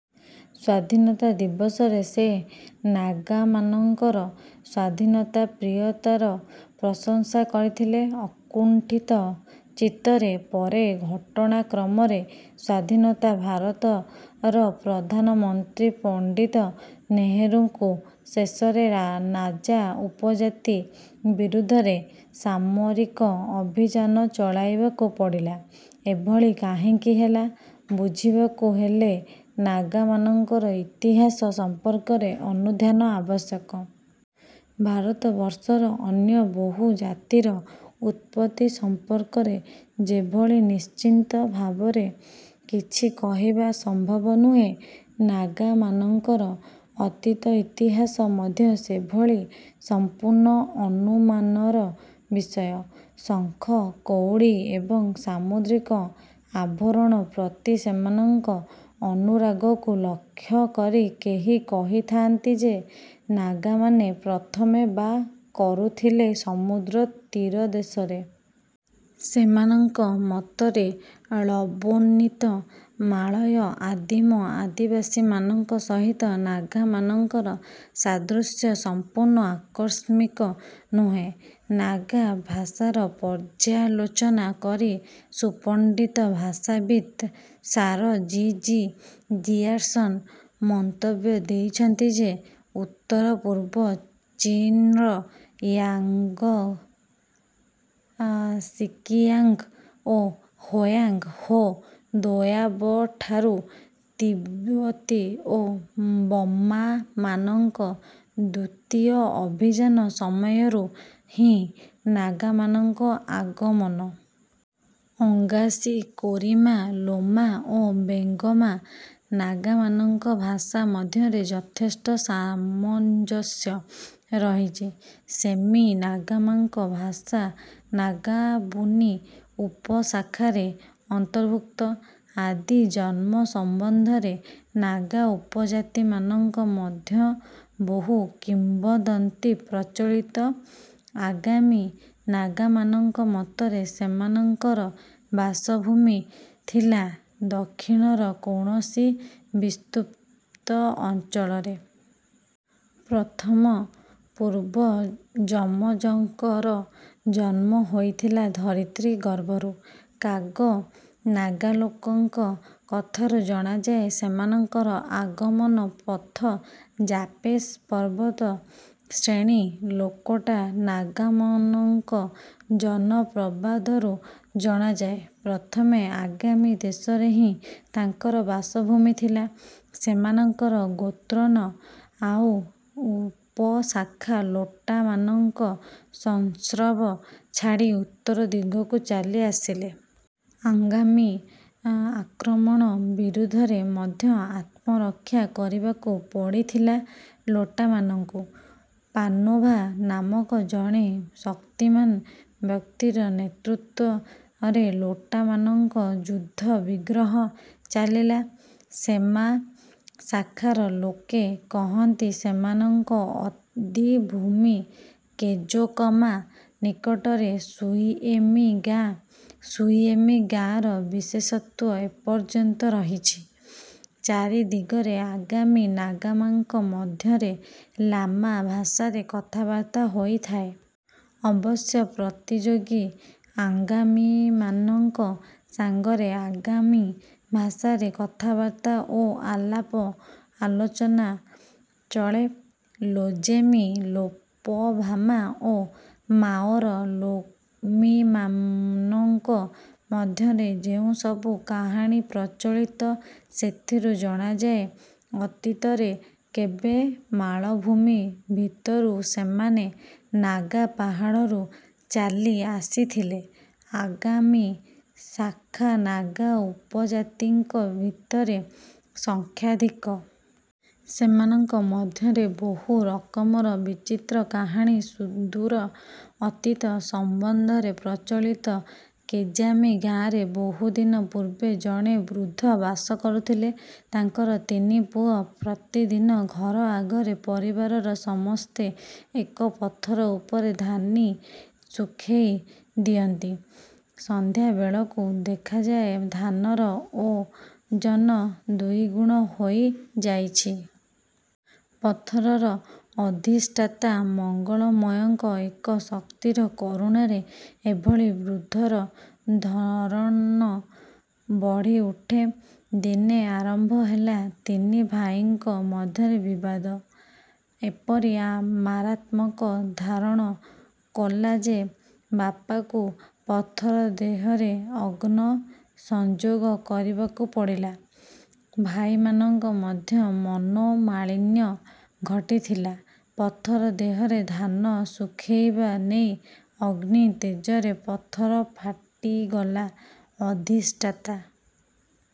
ସ୍ୱାଧୀନତା ଦିବସରେ ସେ ନାଗାମାନଙ୍କର ସ୍ୱାଧୀନତାପ୍ରିୟତାର ପ୍ରଶଂସା କରିଥିଲେ ଅକୁଣ୍ଠିତ ଚିତ୍ତରେ। ପରେ ଘଟଣାକ୍ରମରେ ସ୍ୱାଧୀନତା ଭାରତର ପ୍ରଧାନମନ୍ତ୍ରୀ ପଣ୍ଡିତ ନେହେରୁଙ୍କୁ ଶେଷରେ ନାଜା ଉପଜାତି ବିରୁଦ୍ଧରେ ସାମରିକ ଅଭିଯାନ ଚଳାଇବାକୁ ପଡ଼ିଲା। ଏଭଳି କାହିଁକି ହେଲା, ବୁଝିବାକୁ ହେଲେ ନାଗାମାନଙ୍କର ଇତିହାସ ସମ୍ପର୍କରେ ଅନୁଧ୍ୟାନ ଆବଶ୍ୟକ। ଭାରତବର୍ଷର ଅନ୍ୟ ବହୁ ଜାତିର ଉତ୍ପତ୍ତି ସମ୍ପର୍କରେ ଯେଭଳି ନିଶ୍ଚିତ ଭାବରେ କିଛି କହିବା ସମ୍ଭବ ନୁହେଁ, ନାଗାମାନଙ୍କର ଅତୀତ ଇତିହାସ ମଧ୍ୟ ସେଭଳି ସମ୍ପୂର୍ଣ୍ଣ ଅନୁମାନର ବିଷୟ। ଶଙ୍ଖ, କଉଡ଼ି ଏବଂ ସାମୁଦ୍ରିକ ଆଭରଣ ପ୍ରତି ସେମାନଙ୍କ ଅନୁରାଗକୁ ଲକ୍ଷ୍ୟକରି କେହି କହିଥାଆନ୍ତି ଯେ ନାଗାମାନେ ପ୍ରଥମେ ବା କରୁଥିଲେ ସମୁଦ୍ର ତୀରଦେଶରେ। ସେମାନଙ୍କ ମତରେ ଳବୋର୍ଣ୍ଣିତ, ମାଳୟ ଆଦିମ ଆଦିବାସୀମାନଙ୍କ ସହିତ ନାଗାମାନଙ୍କର ସାଦୃଶ୍ୟ ସମ୍ପୂର୍ଣ୍ଣ ଆକସ୍ମିକ ନୁହେଁ। ନାଗା ଭାଷାର ପର୍ଯ୍ୟାଲୋଚନା କରି ସୁପଣ୍ଡିତ ଭାଷାବିତ୍ ସାର ଜି. ଜି. ଜିୟାର୍ସନ ମନ୍ତବ୍ୟ ଦେଇଛନ୍ତି ଯେ ଉତ୍ତର-ପୂର୍ବ ଚୀନ୍ର ଇୟାଂଗ୍, ସିକିୟାଂଗ ଓ ହୋୟାଂଗ ହୋ ଦୋୟାବଠାରୁ ତିବ୍ବତୀ ଓ ବର୍ମାମାନଙ୍କ ଦ୍ୱିତୀୟ ଅଭିଯାନ ସମୟରୁ ହିଁ ନାଗାମାନଙ୍କ ଆଗମନ। ଅଙ୍ଗାସି, କୋରିମା, ଲୋମା ଓ ବେଙ୍ଗମା ନାଗାମାନଙ୍କ ଭାଷା ମଧ୍ୟରେ ଯଥେଷ୍ଟ ସାମଞ୍ଜସ୍ୟ ରହିଚି। ସେମି ନାଗାମନଙ୍କ ଭାଷା ନାଗାବୁନି ଉପଶାଖାରେ ଅନ୍ତର୍ଭୁକ୍ତ। ଆଦି ଜନ୍ମ ସମ୍ୱନ୍ଧରେ ନାଗା ଉପଜାତିମାନଙ୍କ ମଧ୍ୟ ବହୁ କିମ୍ୱଦନ୍ତୀ ପ୍ରଚଳିତ। ଆଙ୍ଗାମି ନାଗାମାନଙ୍କ ମତରେ ସେମାନଙ୍କ ବାସଭୂମି ଥିଲା ଦକ୍ଷିଣର କୌଣସି ବିସ୍ତୃତ ଅଞ୍ଚଳରେ। ପ୍ରଥମ ପୂର୍ବ ଯମଜଙ୍କର ଜନ୍ମ ହୋଇଥିଲା ଧରିତ୍ରୀ ଗର୍ଭରୁ। କାଗ ନାଗାଲୋକଙ୍କ କଥାରୁ ଜଣାଯାଏ, ସେମାନଙ୍କର ଆଗମନ ପଥ ଜାପେସ ପର୍ବତ ଶ୍ରେଣୀ। ଲୋକଟା ନାଗାମନଙ୍କ ଜନ-ପ୍ରବାଦରୁ ଜଣାଯାଏ, ପ୍ରଥମେ ଆଙ୍ଗାମି ଦେଶରେ ହିଁ ତାଙ୍କର ବାସଭୂମି ଥିଲା। ସେମାନଙ୍କର ଗୋତ୍ରନ ''ଆଉ'' ଉପଶାଖା ଲୋଟାମାନଙ୍କ ସଂସ୍ରବ ଛାଡ଼ି ଉତ୍ତର ଦିଗକୁ ଚାଲିଆସିଲେ। ଆଙ୍ଗାମି ଆକ୍ରମଣ ବିରୁଦ୍ଧରେ ମଧ୍ୟ ଆତ୍ମରକ୍ଷା କରିବାକୁ ପଡ଼ିଥିଲା ଲୋଟାମାନଙ୍କୁ। ପାନୋଭା ନାମକ ଜଣେ ଶକ୍ତିମାନ ବ୍ୟକ୍ତିର ନେତୃତ୍ୱରେ ଲୋଟାମନଙ୍କ ଯୁଦ୍ଧବିଗ୍ରହ ଚାଲିଲା। ସେମା ଶାଖାର ଲୋକେ କହନ୍ତି, ସେମାନଙ୍କ ଆଦିଭୂମି କେଜୋକମା ନିକଟରେ ସୁଇଏମି ଗାଁ। ସୁଇଏମି ଗାଁର ବିଶେଷତ୍ୱ ଏପର୍ଯ୍ୟନ୍ତ ରହିଚି। ଚାରି ଦିଗରେ ଆଙ୍ଗାମି ନାଗାମାନଙ୍କ ମଧ୍ୟରେ ଲାମା ଭାଷାରେ କଥାବାର୍ତ୍ତା ହୋଇଥାଏ। ଅବଶ୍ୟ ପ୍ରତିଯୋଗୀ ଆଙ୍ଗାମିମାନଙ୍କ ସାଙ୍ଗରେ ଆଙ୍ଗାମି ଭାଷାରେ କଥାବାର୍ତ୍ତା ଓ ଆଲାପ ଆଲୋଚନା ଚଳେ। ଲୋଜେମି ଲୋପଭାମା ଓ ମାଓର ଲୋମୀମାନଙ୍କ ମଧ୍ୟରେ ଯେଉଁ ସବୁ କାହାଣୀ ପ୍ରଚଳିତ ସେଥିରୁ ଜଣାଯାଏ, ଅତୀତରେ କେବେ ମାଳଭୂମି ଭିତରୁ ସେମାନେ ନାଗା ପାହାଡ଼ରୁ ଚାଲି ଆସିଥିଲେ। ଆଙ୍ଗାମି ଶାଖା ନାଗା ଉପଜାତିଙ୍କ ଭିତରେ ସଂଖ୍ୟାଧିକ। ସେମାନଙ୍କ ମଧ୍ୟରେ ବହୁ ରକମର ବିଚିତ୍ର କାହାଣୀ ସୁଦୂର ଅତୀତ। ସମ୍ୱନ୍ଧରେ ପ୍ରଚଳିତ। କେଜାମି ଗାଁରେ ବହୁଦିନ ପୂର୍ବେ ଜଣେ ବୃଦ୍ଧ ବାସ କରୁଥିଲେ। ତାଙ୍କର ତିନି ପୁଅ। ପ୍ରତିଦିନ ଘର ଆଗରେ ପରିବାରର ସମସ୍ତେ ଏକ ପଥର ଉପରେ ଧାନି ଶୁଖେଇ ଦିଅନ୍ତି। ସନ୍ଧ୍ୟା ବେଳକୁ ଦେଖାଯାଏ, ଧାନର ଓଜନ ଦୁଇଗୁଣ ହୋଇଯାଇଚି। ପଥରର ଅଧିଷ୍ଠାତା ମଙ୍ଗଳମୟଙ୍କ ଏକ ଶକ୍ତିର କରୁଣାରେ ଏଭଳି ବୃଦ୍ଧର ଧରନ ବଢିଉଠେ। ଦିନେ ଆରମ୍ଭ ହେଲା ତିନି ଭାଇଙ୍କ ମଧ୍ୟରେ ବିବାଦ। ଏପରି ମାରାତ୍ମକ ଧାରଣ କଲା ଯେ ବାପକୁ ପଥର ଦେହରେ ଅଗ୍ନ ସଞ୍ଜୋଗ କରିବାକୁ ପଡ଼ିଲା। ଭାଇମାନଙ୍କ ମଧ୍ୟ ମନୋମାଳିନ୍ୟ ଘଟିଥିଲା ପଥର ଦେହରେ ଧାନ ଶୁଖେଇବା ନେଇ। ଅଗ୍ନି ତେଜରେ ପଥର ଫାଟିଗଲା। ଅଧିଷ୍ଠାତା